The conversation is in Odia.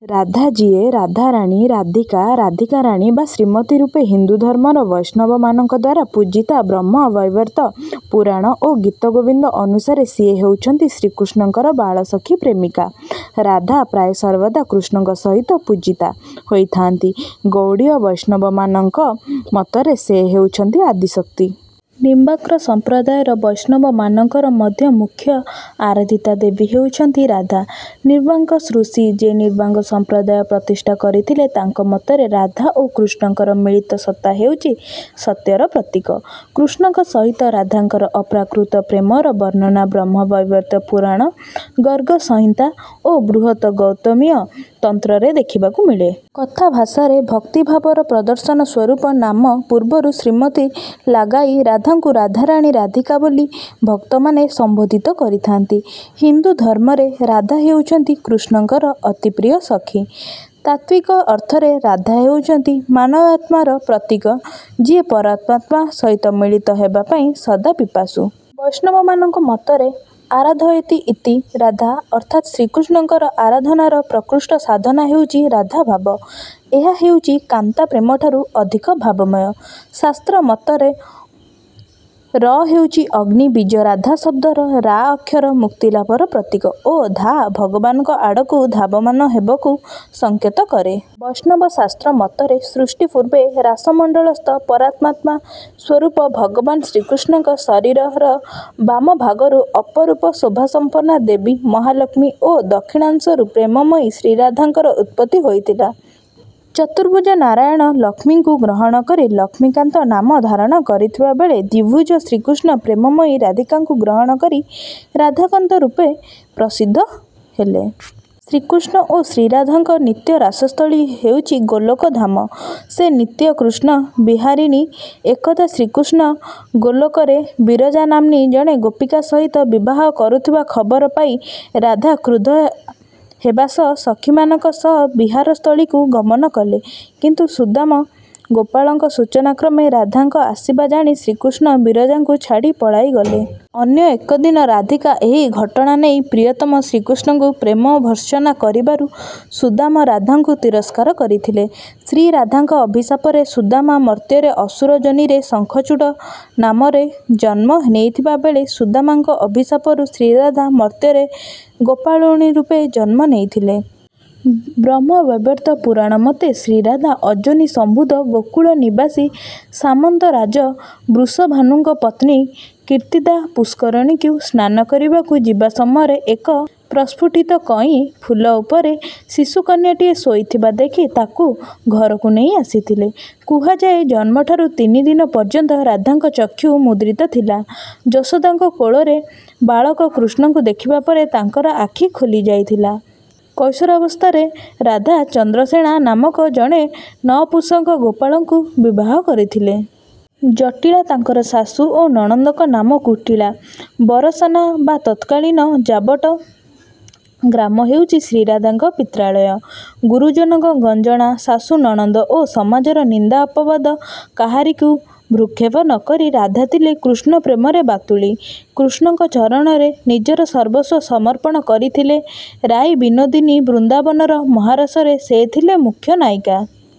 ରାଧା ଯିଏ ରାଧାରାଣୀ ରାଧିକା ରାଧୀକାରାଣୀ ବା ଶ୍ରୀମତୀ ରୂପେ ହିନ୍ଦୁଧର୍ମର ବୈଷ୍ଣବମାନଙ୍କଦ୍ୱାରା ପୂଜିତା ବ୍ରହ୍ମ ବୈବର୍ତ ପୁରାଣ ଓ ଗୀତ ଗୋବିନ୍ଦ ଅନୁସାରେ ସିଏ ହେଉଛନ୍ତି ଶ୍ରୀକୃଷ୍ଣଙ୍କର ବାଳସଖି ପ୍ରେମିକା। ରାଧା ପ୍ରାୟ ସର୍ବଦା କୃଷ୍ଣଙ୍କ ସହିତ ପୂଜିତା ହୋଇଥାନ୍ତି। ଗୌଡ଼ୀୟ ବୈଷ୍ଣବମାନଙ୍କ ମତରେ ସେ ହେଉଛନ୍ତି ଆଦିଶକ୍ତି। ନିମ୍ବାର୍କ ସମ୍ପ୍ରଦାୟର ବୈଷ୍ଣବମାନଙ୍କର ମଧ୍ୟ ମୂଖ୍ୟ ଆରାଧିତା ଦେବୀ ହେଉଛନ୍ତି ରାଧା। ନିମ୍ବାର୍କ ଋଷି ଯିଏ ନିମ୍ବାର୍କ ସମ୍ପ୍ରଦାୟ ପ୍ରତିଷ୍ଠା କରିଥିଲେ ତାଙ୍କ ମତରେ ରାଧା ଓ କୃଷ୍ଣଙ୍କର ମିଳିତ ସତ୍ତା ହେଉଛି ସତ୍ୟର ପ୍ରତୀକ। କୃଷ୍ଣଙ୍କ ସହିତ ରାଧାଙ୍କର ଅପ୍ରାକୃତ ପ୍ରେମର ବର୍ଣ୍ଣନା ବ୍ରହ୍ମ ବୈବର୍ତ ପୁରାଣ ଗର୍ଗ ସଂହିତା ଓ ବୃହଦ୍ ଗୌତମୀୟ ତନ୍ତ୍ରରେ ଦେଖିବାକୁ ମିଳେ। କଥାଭାଷାରେ ଭକ୍ତିଭାବର ପ୍ରଦର୍ଶନ ସ୍ୱରୂପ ନାମ ପୂର୍ବରୁ ଶ୍ରୀମତୀ ଲାଗାଇ ରାଧାଙ୍କୁ ରାଧାରାଣୀ ରାଧିକା ବୋଲି ଭକ୍ତମାନେ ସମ୍ବୋଧିତ କରିଥାନ୍ତି। ହିନ୍ଦୁଧର୍ମରେ ରାଧା ହେଉଛନ୍ତି କୃଷ୍ଣଙ୍କର ଅତିପ୍ରିୟ ସଖି। ତାତ୍ୱିକ ଅର୍ଥରେ ରାଧା ହେଉଛନ୍ତି ମାନବାତ୍ମାର ପ୍ରତୀକ ଯିଏ ପରମାତ୍ମା ସହିତ ମିଳିତ ହେବାପାଇଁ ସଦା ପିପାସୁ। ବୈଷ୍ଣବମାନଙ୍କ ମତରେ ଆରାଧୟତି ଇତି ରାଧା ଅର୍ଥାତ ଶ୍ରୀକୃଷ୍ଣଙ୍କ ଆରାଧନାର ପ୍ରକୃଷ୍ଟ ସାଧନ ହେଉଛି ରାଧା ଭାବ। ଏହା ହେଉଛି କାନ୍ତା ପ୍ରେମଠାରୁ ଅଧିକ ଭାବମୟ। ଶାସ୍ତ୍ର ମତରେ ର ହେଉଛି ଅଗ୍ନି ବୀଜ ରାଧା ଶବ୍ଦର ରା ଅକ୍ଷର ମୁକ୍ତିଲାଭର ପ୍ରତୀକ ଓ ଧା ଭଗବାନଙ୍କ ଆଡକୁ ଧାବମାନ ହେବକୁ ସଙ୍କେତ କରେ। ବୈଷ୍ଣବ ଶାସ୍ତ୍ର ମତରେ ସୃଷ୍ଟି ପୂର୍ବେ ରାସମଣ୍ଡଳସ୍ଥ ପରମାତ୍ମା ସ୍ୱରୂପ ଭଗବାନ ଶ୍ରୀକୃଷ୍ଣଙ୍କ ଶରୀରର ବାମ ଭାଗରୁ ଅପରୂପ ଶୋଭା ସମ୍ପନ୍ନା ଦେବୀ ମହାଲକ୍ଷ୍ମୀ ଓ ଦକ୍ଷିଣାଂଶରୁ ପ୍ରେମମୟୀ ଶ୍ରୀରାଧାଙ୍କ ଉତ୍ପତ୍ତି ହୋଇଥିଲା ଚତୁର୍ଭୁଜ ନାରାୟଣ ଲକ୍ଷ୍ମୀଙ୍କୁ ଗ୍ରହଣ କରି ଲକ୍ଷ୍ମୀକାନ୍ତ ନାମ ଧାରଣ କରିଥିବା ବେଳେ ଦ୍ୱିଭୁଜ ଶ୍ରୀକୃଷ୍ଣ ପ୍ରେମମୟୀ ରାଧିକାଙ୍କୁ ଗ୍ରହଣ କରି ରାଧକାନ୍ତ ରୂପେ ପ୍ରସିଦ୍ଧ ହେଲେ। ଶ୍ରୀକୃଷ୍ଣ ଓ ଶ୍ରୀରାଧଙ୍କ ନିତ୍ୟ ରାସସ୍ଥଳୀ ହେଉଛି ଗୋଲୋକ ଧାମ ସେ ନିତ୍ୟ କୃଷ୍ଣ ବିହାରିଣୀ ଏକଦା ଶ୍ରୀକୃଷ୍ଣ ଗୋଲୋକରେ ବିରଜା ନାମ୍ନୀ ଜଣେ ଗୋପୀକା ସହିତ ବିହାର କରୁଥିବା ଖବର ପାଇ ରାଧା କ୍ରୁଧା ହେବା ସହ ସଖିମାନଙ୍କ ସହ ବିହାରସ୍ଥଳୀକୁ ଗମନ କଲେ କିନ୍ତୁ ସୁଦାମ ଗୋପାଳଙ୍କ ସୂଚନାକ୍ରମେ ରାଧାଙ୍କ ଆସିବା ଜାଣି ଶ୍ରୀକୃଷ୍ଣ ବିରଜାଙ୍କୁ ଛାଡି ପଳାଇଗଲେ। ଅନ୍ୟ ଏକଦିନ ରାଧିକା ଏହି ଘଟଣା ନେଇ ପ୍ରିୟତମ ଶ୍ରୀକୃଷ୍ଣଙ୍କୁ ପ୍ରେମ ଭର୍ତ୍ସନା କରିବାରୁ ସୁଦାମ ରାଧାଙ୍କୁ ତିରସ୍କାର କରିଥିଲେ ଶ୍ରୀରାଧାଙ୍କ ଅଭିଶାପରେ ସୁଦାମ ମର୍ତ୍ତ୍ୟରେ ଅସୁର ଯୋନିରେ ଶଙ୍ଖଚୂଡ଼ ନାମରେ ଜନ୍ମ ନେଇଥିବା ବେଳେ ସୁଦାମଙ୍କ ଅଭିଶାପରୁ ଶ୍ରୀରାଧା ମର୍ତ୍ତ୍ୟରେ ଗୋପାଳୁଣୀ ରୂପେ ଜନ୍ମ ନେଇଥିଲେ। ବ୍ରହ୍ମବୈବର୍ତ୍ତ ପୁରାଣ ମତେ ଶ୍ରୀରାଧା ଅଯୋନି ସମ୍ଭୂତ ଗୋକୁଳ ନିବାସୀ ସାମନ୍ତ ରାଜ ବୃଷଭାନୁଙ୍କ ପତ୍ନୀ କୀର୍ତ୍ତିଦା ପୁଷ୍କରଣୀକୁ ସ୍ନାନ କରିବାକୁ ଯିବା ସମୟରେ ଏକ ପ୍ରସ୍ଫୁଟିତ କଇଁ ଫୁଲ ଉପରେ ଶିଶୁକନ୍ୟାଟିଏ ଶୋଇଥିବା ଦେଖି ତାକୁ ଘରକୁ ନେଇ ଆସିଥିଲେ। କୁହାଯାଏ ଜନ୍ମଠାରୁ ତିନିଦିନ ପର୍ଯ୍ୟନ୍ତ ରାଧାଙ୍କ ଚକ୍ଷୁ ମୁଦ୍ରିତ ଥିଲା ଯଶୋଦାଙ୍କ କୋଳରେ ବାଳକ କୃଷ୍ଣଙ୍କୁ ଦେଖିବା ପରେ ତାଙ୍କର ଆଖି ଖୋଲିଯାଇଥିଲା କୈଶୋରାବସ୍ଥାରେ ରାଧା ଚନ୍ଦ୍ରସେଣା ନାମକ ଜଣେ ନପୁସଂକ ଗୋପାଳଙ୍କୁ ବିବାହ କରିଥିଲେ। ଜଟିଳା ତାଙ୍କର ଶାଶୁ ଓ ନଣନ୍ଦଙ୍କ ନାମ କୁଟିଳା ବରସାନା ବା ତତ୍କାଳୀନ ଯାବଟ ଗ୍ରାମ ହେଉଛି ଶ୍ରୀରାଧାଙ୍କ ପିତ୍ରାଳୟ। ଗୁରୁଜନଙ୍କ ଗଞ୍ଜଣା ଶାଶୁ ନଣନ୍ଦ ଓ ସମାଜର ନିନ୍ଦା ଅପବାଦ କାହାରିକୁ ଭ୍ରୂକ୍ଷେପ ନକରି ରାଧା ଥିଲେ କୃଷ୍ଣପ୍ରେମରେ ବାତୁଳୀ କୃଷ୍ଣଙ୍କ ଚରଣରେ ନିଜର ସର୍ବସ୍ୱ ସମର୍ପଣ କରିଥିଲେ ରାଇ ବିନୋଦିନୀ ବୃନ୍ଦାବନର ମହାରାସରେ ସେ ଥିଲେ ମୁଖ୍ୟ ନାୟିକା।